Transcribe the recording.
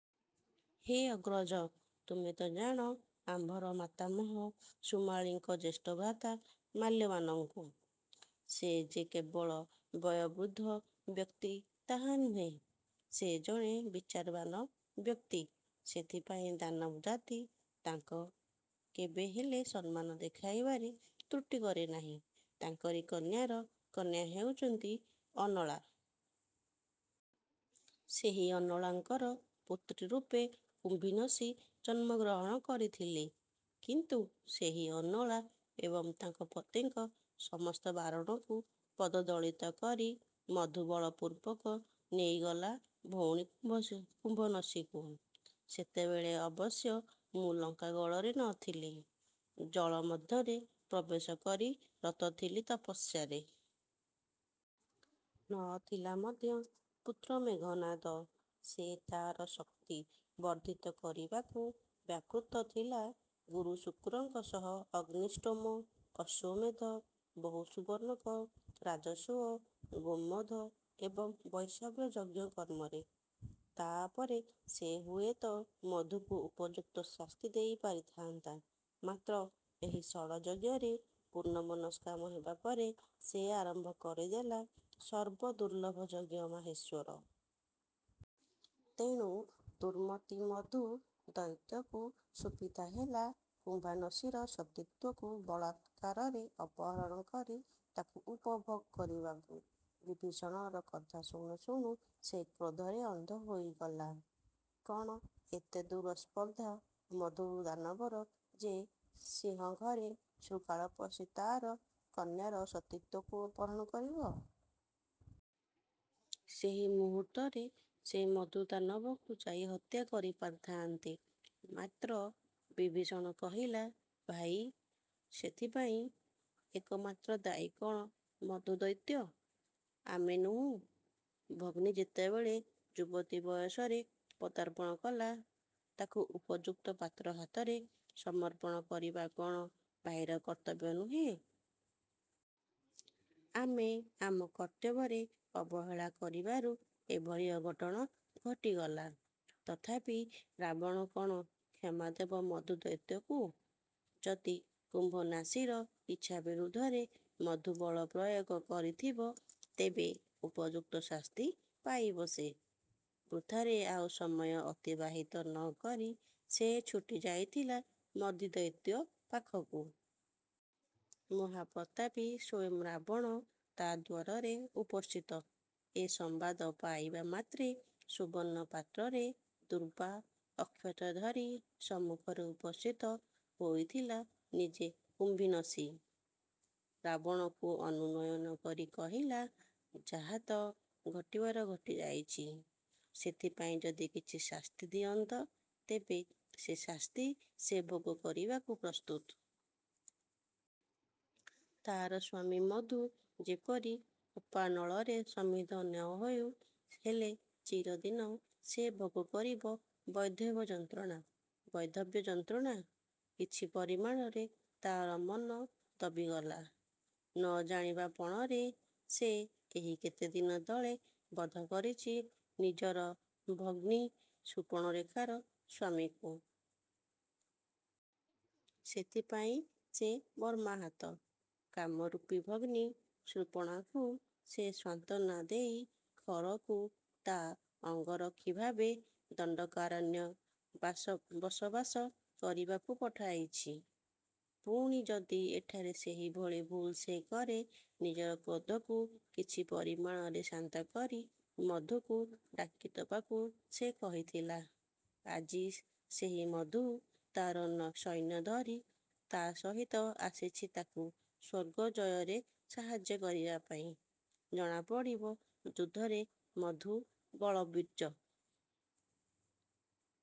ହେ ଅଗ୍ରଜ! ତୁମେ ତ ଜାଣ ଆମ୍ଭର ମାତାମହ ସୁମାଳୀଙ୍କ ଜ୍ୟେଷ୍ଠ ଭ୍ରାତା ମାଲ୍ୟବାନଙ୍କୁ। ସେ ଯେ କେବଳ ବୟୋବୃଦ୍ଧ ବ୍ୟକ୍ତି ତାହା ନୁହେଁ, ସେ ଜଣେ ବିଚାରବାନ ବ୍ୟକ୍ତି। ସେଥିପାଇଁ ଦାନବ ଜାତି ତାଙ୍କ କେବେ ହେଲେ ସନ୍ମାନ ଦେଖାଇବାରେ ତ୍ରୁଟି କରିନାହିଁ। ତାଙ୍କରି କନ୍ୟାର କନ୍ୟା ହେଉଛନ୍ତି ଅନଳା। ସେହି ଅନଳାଙ୍କର ପୁତ୍ରୀରୂପେ କୁମ୍ଭୀନସୀ ଜନ୍ମ ଗ୍ରହଣ କରିଥିଲି। କିନ୍ତୁ ସେହି ଅନଳା ଏବଂ ତାଙ୍କ ପତିଙ୍କ ସମସ୍ତ ବାରଣକୁ ପଦଦଳିତ କରି ମଧୁ ବଳ ପୂର୍ବକ ନେଇଗଲା ଭଉଣୀ କୁମ୍ଭସୀ କୁମ୍ଭୀନସୀକୁ। ସେତେବେଳେ ଅବଶ୍ୟ ମୁଁ ଲଙ୍କା ଗଳରେ ନଥିଲି। ଜଳ ମଧ୍ୟରେ ପ୍ରବେଶ କରି ରତଥିଲି ତପସ୍ୟାରେ। ନଥିଲା ମଧ୍ୟ ପୁତ୍ର ମେଘନାଦ। ସେ ତାର ଶକ୍ତି ବର୍ଦ୍ଧିତ କରିବାକୁ ବ୍ୟାକୄତ ଥିଲା ଗୁରୁ ଶୁକ୍ରଙ୍କ ସହ ଅଗ୍ନିଷ୍ଠୋମ, ଅଶ୍ୱମେଧ, ବହୁ ସୁବର୍ଣ୍ଣକ, ରାଜସୂଓ, ଗୋମେଧ ଏବଂ ବୈଷ୍ଣବ ଯଜ୍ଞ କର୍ମରେ। ତା'ପରେ ସେ ହୁଏତ ମଧୁକୁ ଉପଯୁକ୍ତ ଶାସ୍ତି ଦେଇ ପାରିଥାନ୍ତା, ମାତ୍ର ଏହି ଷଡ଼ଯଜ୍ଞରେ ପୂର୍ଣ୍ଣ ମନସ୍କାମ ହେବାପରେ ସେ ଆରମ୍ଭ କରିଦେଲା ସର୍ବ ଦୁର୍ଲଭ ଯଜ୍ଞ ମାହେଶ୍ୱର। ତେଣୁ ଦୁର୍ମତି ମଧୁ ଦୈତ୍ୟକୁ ସୁବିଧା ହେଲା କୁମ୍ଭାନସୀର ସତୀତ୍ୱକୁ ବଳତ୍କାରରେ ଅପହରଣ କରି ତାକୁ ଉପଭୋଗ କରିବାକୁ। ବିଭୀଷଣର କଥା ଶୁଣୁ ଶୁଣୁ ସେ କ୍ରୋଧରେ ଅନ୍ଧ ହୋଇଗଲା। କଣ ଏତେଦୂର ସ୍ପର୍ଦ୍ଧା ମଧୁଦାନବର ଯେ ସିଂହଘରେ ଶୃଗାଳ ପଶି ତାର କନ୍ୟାର ସତୀତ୍ୱକୁ ଅପହରଣ କରିବ! ସେହି ମୁହୂର୍ତ୍ତରେ ସେ ମଧୁଦାନବକୁ ଯାଇ ହତ୍ୟା କରି ପାରିଥାନ୍ତି। ମାତ୍ର ବିଭୀଷଣ କହିଲା, ଭାଇ! ସେଥିପାଇଁ। ଏକମାତ୍ର ଦାୟୀ କଣ ମଧୁଦୈତ୍ୟ? ଆମେ ନୋହୁ? ଭଗ୍ନୀ ଯେତେବେଳେ ଯୁବତୀ ବୟସରେ ପଦାର୍ପଣ କଲା ତାକୁ ଉପଯୁକ୍ତ ପାତ୍ର ହାତରେ ସମର୍ପଣ କରିବା କଣ ଭାଇର କର୍ତ୍ତବ୍ୟ ନୁହେଁ? ଆମେ ଆମ କର୍ତ୍ତବ୍ୟରେ ଅବହେଳା କରିବାରୁ ଏଭଳି ଅଘଟଣ ଘଟିଗଲା। ତଥାପି ରାବଣ କଣ କ୍ଷମାଦେବ ମଧୁଦୈତ୍ୟକୁ। ଯଦି କୁମ୍ଭନାସୀର ଇଚ୍ଛା ବିରୁଦ୍ଧରେ ମଧୁବଳ ପ୍ରୟୋଗ କରିଥିବ, ତେବେ ଉପଯୁକ୍ତ ଶାସ୍ତି ପାଇବ ସେ। ବୃଥାରେ ଆଉ ସମୟ ଅତିବାହିତ ନ କରି ସେ ଛୁଟି ଯାଇଥିଲା ମଧୁଦୈତ୍ୟପାଖକୁ। ମହାପ୍ରତାପୀ ସ୍ୱୟଂ ରାବଣ ତା ଦ୍ୱାରରେ ଉପସ୍ଥିତ ଏ ସମ୍ୱାଦ ପାଇବା ମାତ୍ରେ ସୁବର୍ଣ୍ଣ ପାତ୍ରରେ ଦୂର୍ବା ଅକ୍ଷତ ଧରି ସମ୍ମୁଖରେ ଉପସ୍ଥିତ ହୋଇଥିଲା ନିଜେ କୁମ୍ଭୀନସୀ। ରାବଣକୁ ଅନୁନୟନ କରି କହିଥିଲା, ଯାହା ତ ଘଟିବାର ଘଟି ଯାଇଛି, ସେଥିପାଇଁ ଯଦି କିଛି ଶାସ୍ତି ଦିଅନ୍ତ ତେବେ ସେ ଶାସ୍ତି ସେ ଭୋଗ କରିବାକୁ ପ୍ରସ୍ତୁତ। ତାର ସ୍ୱାମୀ ମଧୁ ଯେପରି କୋପାନଳରେ ସମିଧ ନ ହେଉ। ହେଲେ ଚିରଦିନ ସେ ଭୋଗ କରିବ ବୈଧବ୍ୟ ଯନ୍ତ୍ରଣା। ବୈଧବ୍ୟ ଯନ୍ତ୍ରଣା। କିଛି ପରିମାଣରେ ତାର ମନ ଦବିଗଲା। ନ ଜାଣିବା ପଣରେ ସେ ଏହି କେତେଦିନ ତଳେ ବଧ କରିଛି ନିଜର ଭଗ୍ନି ସୂପଣରେଖାର ସ୍ୱାମୀକୁ। ସେଥିପାଇଁ ସେ ମର୍ମାହତ-। କାମରୂପୀ ଭଗ୍ନି ସୂର୍ପଣାକୁ ସେ ସାନ୍ତ୍ୱନା ଦେଇ ଖରକୁ ତା ଅଙ୍ଗରକ୍ଷୀଭାବେ ଦଣ୍ଡକାରଣ୍ୟ ବାସ ବସବାସ କରିବାକୁ ପଠାଇଛି। ପୁଣି ଯଦି ଏଠାରେ ସେହିଭଳି ଭୁଲ୍ ସେ କରେ-? ନିଜର କ୍ରୋଧକୁ କିଛି ପରିମାଣରେ ଶାନ୍ତକରି ମଧୁକୁ ଡାକିଦେବାକୁ ସେ କହିଥିଲା। ଆଜି ସେହି ମଧୁ ତାର ନ ସୈନ୍ୟ ଧରି ତା ସହିତ ଆସିଛି ତାକୁ ସ୍ୱର୍ଗ ଜୟରେ ସାହାଯ୍ୟ କରିବା ପାଇଁ-। ଜଣାପଡ଼ିବ ଯୁଦ୍ଧରେ ମଧୁ ବଳବୀଯ।